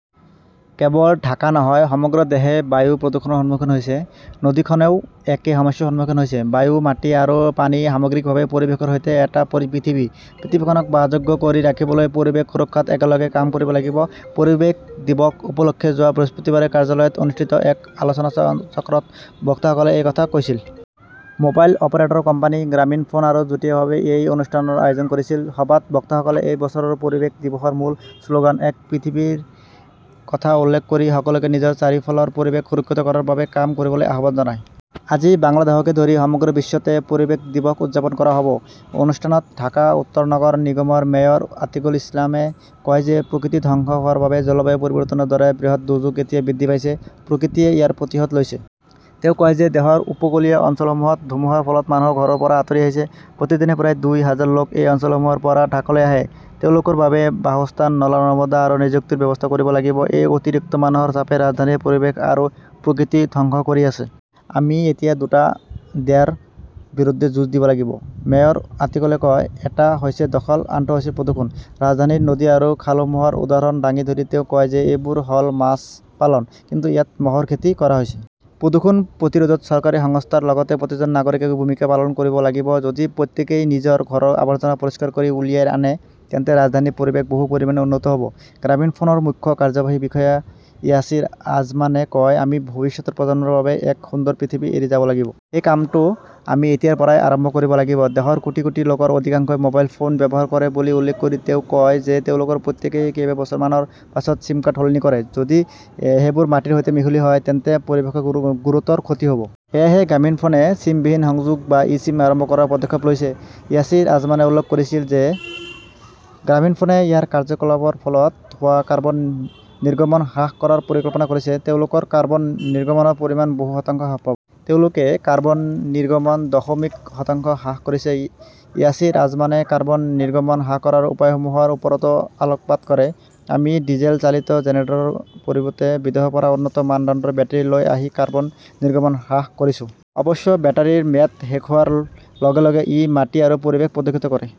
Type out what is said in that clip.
কেৱল ঢাকা নহয়, সমগ্ৰ দেশে বায়ু প্ৰদূষণৰ সন্মুখীন হৈছে। নদীখনেও একে সমস্যাৰ সন্মুখীন হৈছে। বায়ু, মাটি আৰু পানী-সামগ্ৰিকভাৱে পৰিৱেশৰ সৈতে এটা পৃথিৱী। পৃথিৱীখনক বাসযোগ্য কৰি ৰাখিবলৈ পৰিৱেশ সুৰক্ষাত একেলগে কাম কৰিব লাগিব। পৰিৱেশ দিৱস উপলক্ষে যোৱা বৃহস্পতিবাৰে কাৰ্যালয়ত অনুষ্ঠিত এক আলোচনাচক্ৰত বক্তাসকলে এই কথা কৈছিল। মোবাইল অপাৰেটৰ কোম্পানী গ্ৰামীণফোন আৰু যুটীয়াভাৱে এই অনুষ্ঠানৰ আয়োজন কৰিছিল। সভাত বক্তাসকলে এই বছৰৰ পৰিৱেশ দিৱসৰ মূল শ্লোগান "এক পৃথিৱী"ৰ কথা উল্লেখ কৰি সকলোকে নিজৰ চাৰিওফালৰ পৰিৱেশ সুৰক্ষিত কৰাৰ বাবে কাম কৰিবলৈ আহ্বান জনায়। আজি বাংলাদেশকে ধৰি সমগ্ৰ বিশ্বতে পৰিৱেশ দিৱস উদযাপন কৰা হ'ব। অনুষ্ঠানত ঢাকা উত্তৰ নগৰ নিগমৰ মেয়ৰ অতীকুল ইছলামে কয় যে, প্ৰকৃতি ধ্বংস হোৱাৰ বাবে জলবায়ু পৰিৱৰ্তনৰ দৰে বৃহৎ দুৰ্যোগ এতিয়া বৃদ্ধি পাইছে। প্ৰকৃতিয়ে ইয়াৰ প্ৰতিশোধ লৈছে। তেওঁ কয় যে দেশৰ উপকূলীয় অঞ্চলসমূহত ধুমুহাৰ ফলত মানুহ ঘৰৰ পৰা আঁতৰি আছে। প্ৰতিদিনে প্ৰায় দুই হাজাৰ লোক এই অঞ্চলসমূহৰ পৰা ঢাকালৈ আহে। তেওঁলোকৰ বাবে বাসস্থান, নলা-নৰ্দমা আৰু নিযুক্তিৰ ব্যৱস্থা কৰিব লাগিব। এই অতিৰিক্ত মানুহৰ চাপে ৰাজধানীৰ পৰিৱেশ আৰু প্ৰকৃতি ধ্বংস কৰি আছে। "আমি এতিয়া দুটা "দ্য"ৰ বিৰুদ্ধে যুঁজ দিব লাগিব", মেয়ৰ আতিকুলে কয়। এটা হৈছে দখল, আনটো হৈছে প্ৰদূষণ। "ৰাজধানীৰ নদী আৰু খালসমূহৰ উদাহৰণ দাঙি ধৰি তেওঁ কয় যে এইবোৰ হ'ল মাছ পালন। কিন্তু ইয়াত মহৰ খেতি কৰা হৈছে। প্ৰদূষণ প্ৰতিৰোধত চৰকাৰী সংস্থাৰ লগতে প্ৰতিজন নাগৰিকে ভূমিকা পালন কৰিব লাগিব। যদি প্ৰত্যেকেই নিজৰ ঘৰৰ আৱৰ্জনা পৰিষ্কাৰ কৰি উলিয়াই আনে, তেন্তে ৰাজধানীৰ পৰিৱেশ বহু পৰিমাণে উন্নত হ'ব। গ্ৰামীণফোনৰ মুখ্য কাৰ্যবাহী বিষয়া য়াসিৰ আজমানে কয়,"আমি ভৱিষ্যতৰ প্ৰজন্মৰ বাবে এক সুন্দৰ পৃথিৱী এৰি যাব লাগিব।" সেই কামটো আমি এতিয়াৰ পৰাই আৰম্ভ কৰিব লাগিব।" দেশৰ কোটি কোটি লোকৰ অধিকাংশই মোবাইল ফোন ব্যৱহাৰ কৰে বুলি উল্লেখ কৰি তেওঁ কয় যে তেওঁলোকৰ প্ৰত্যেকেই কেইবছৰমানৰ পাছত চিমকাৰ্ড সলনি কৰে। যদি সেইবোৰ মাটিৰ সৈতে মিহলি হয় তেন্তে পৰিৱেশৰ গুৰুতৰ ক্ষতি হ'ব। সেয়েহে গ্ৰামীণফোনে চিমবিহীন সংযোগ বা ই-চিম আৰম্ভ কৰাৰ পদক্ষেপ লৈছে। য়াসিৰ আজমানে উল্লেখ কৰিছিল যে গ্ৰামীণফোনে ইয়াৰ কাৰ্যকলাপৰ ফলত হোৱা কাৰ্বন নিৰ্গমন হ্ৰাস কৰাৰ পৰিকল্পনা কৰিছে। তেওঁলোকৰ কাৰ্বন নিৰ্গমনৰ পৰিমাণ বহু শতাংশ হ্ৰাস পাব। তেওঁলোকে কাৰ্বন নিৰ্গমন দশমিক শতাংশ হ্ৰাস কৰিছে। ইয়াছিৰ আজমানে কাৰ্বন নিৰ্গমন হ্ৰাস কৰাৰ উপায়সমূহৰ ওপৰতো আলোকপাত কৰে। "আমি ডিজেল চালিত জেনেৰেটৰৰ পৰিৱৰ্তে বিদেশৰ পৰা উন্নত মানদণ্ডৰ বেটাৰী লৈ আহি কাৰ্বন নিৰ্গমন হ্ৰাস কৰিছোঁ। অৱশ্যে, বেটাৰিৰ ম্যাদ শেষ হোৱাৰ লগে লগে ই মাটি আৰু পৰিৱেশ প্ৰদূষিত কৰে।"